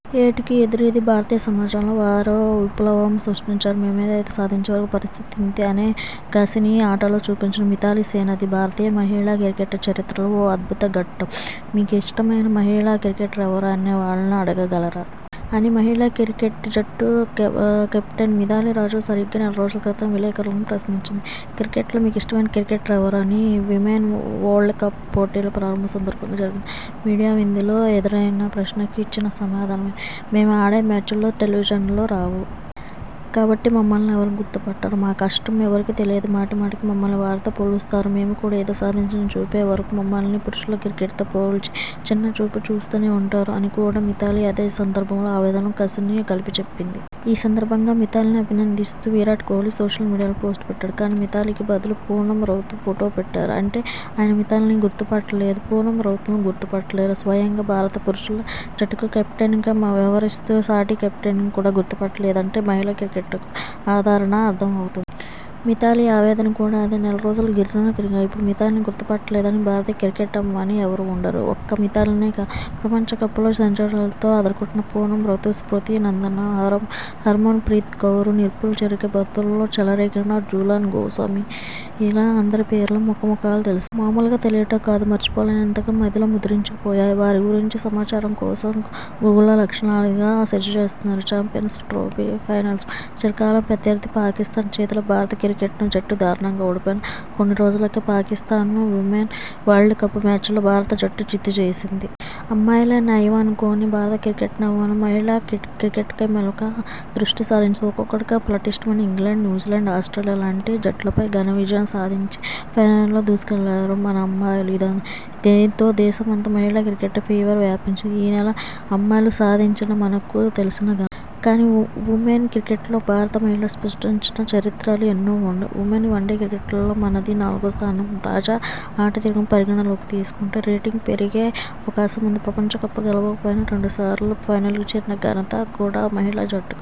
ఏటికి ఎదురీది భారతీయ సమాజంలో వారో విప్లవం సృష్టించారు. 'మేమేదైనా సాధించే వరకు పరిస్థితి ఇంతే' అనే కసిని ఆటలో చూపించిన మిథాలీ సేనది భారతీయ మహిళా క్రికెట్ చరిత్రలో ఓ అద్భుత ఘట్టం. మీ కిష్టమైన మహిళా క్రికెటర్ ఎవరు అని వాళ్లను అడగ గలరా? '' అని మహిళా క్రికెట్ జట్టు కెప్టెన్ మిథాలీ రాజ్ సరిగ్గా నెలరోజుల క్రితం విలేకరులను ప్రశ్నించింది. ''క్రికెట్లో మీకిష్టమైన క్రికెటర్ ఎవరు'' అని విమెన్ వరల్డ్ కప్ పోటీల ప్రారంభం సందర్భంగా జరిగిన మీడియా విందులో ఎదురైన ప్రశ్నకు ఇచ్చిన సమాధానమది. ''మేము ఆడే మ్యాచులు టెలివిజన్లో రావు. కాబట్టి మమ్మల్నెవరూ గుర్తు పట్టరు. మా కష్టం ఎవరికీ తెలియదు. మాటిమాటికీ మమ్మల్ని వారితో పోలుస్తారు. మేము కూడా ఏదో సాధించి చూపే వరకు మమ్మల్ని పురుషుల క్రికెట్ తో పోల్చి చిన్నచూపు చూస్తూనే ఉంటారు'' అని కూడా మిథాలీ అదే సందర్భంలో ఆవేదనను, కసిని కలిపి చెప్పింది. ఈ సందర్భంగా మిథాలీని అభినందిస్తూ విరాట్ కోహ్లీ సోషల్ మీడియాలో పోస్టు పెట్టాడు. కానీ మిథాలీకి బదులు పూనమ్ రౌత్ ఫోటో పెట్టారు. అంటే ఆయన మిథాలీని గుర్తుపట్టలేరు. పూనమ్ రౌత్ను గుర్తు పట్టలేరు. స్వయంగా భారత పురుషుల జట్టుకు కెప్టెన్గా వ్యవహరిస్తూ సాటి కెప్టెన్ను కూడా గుర్తు పట్టలేదంటే మహిళా క్రికెట్కున్న ఆదరణ అర్థం అవుతుంది. మిథాలీ ఆవేదన కూడా అదే. నెల రోజులు గిర్రున తిరిగాయి. ఇప్పుడు మిథాలీని గుర్తు పట్టలేని భారతీయ క్రీడాభిమాని ఎవరూ ఉండరు. ఒక్క మిథాలీనే కాదు. ప్రపంచ కప్లో సెంచరీలతో అదరగొట్టిన పూనమ్ రౌత్, స్మృతి నందన, హర్మన్ ప్రీత్ కౌర్, నిప్పులు చెరిగే బంతులతో చెలరేగిన జులాన్ గోస్వామి ఇలా అందరి పేర్లూ, ముఖాలూ తెలిసిపోయాయి. మామూలుగా తెలియడం కాదు. మరిచిపోలేనంతగా మదిలో ముద్రించుకుపోయాయి. వారి గురించిన సమాచారం కోసం గూగుల్లో లక్షలాదిగా సెర్చ్ చేస్తున్నారు. ఛాంపియన్స్ ట్రోఫీ– ఫైనల్స్లో చిరకాల ప్రత్యర్థి పాకిస్తాన్ చేతిలో భారత క్రికెట్ జట్టు దారుణంగా ఓడిపోయిన కొన్ని రోజులకే, పాకిస్తాన్ను విమెన్ వరల్డ్ కప్ మ్యాచ్లో భారత జట్టు చిత్తు చేసింది. అమ్మాయిలే నయం అనుకుని భారత క్రీడాభిమానులు మహిళా క్రికెట్పై మెల్లగా దృష్టి సారించారు. ఒక్కొక్కటిగా పటిష్టమైన ఇంగ్లండ్, న్యూజీలాండ్, ఆస్ట్రేలియా లాంటి జట్లపై ఘన విజయం సాధించి ఫైనల్ దూసుకెళ్లారు మన అమ్మాయిలు. దీంతో దేశమంతా మహిళా క్రికెట్ ఫీవర్ వ్యాపించింది. ఇది ఈ నెల రోజుల్లో అమ్మాయిలు సాధించిన మనకు తెలిసిన ఘనత. కానీ విమెన్ క్రికెట్లో భారత మహిళలు సృష్టించిన చరిత్రలు ఎన్నో ఉన్నాయి. విమెన్ వన్డే క్రికెట్లో మనది నాలుగో స్థానం. తాజా ఆటతీరును పరిగణలోకి తీసుకుంటే రేటింగ్ పెరిగే అవకాశం ఉంది. ప్రపంచ కప్ గెలవలేకపోయినా, రెండు సార్లు ఫైనల్ చేరిన ఘనత కూడా మహిళా జట్టుకుంది.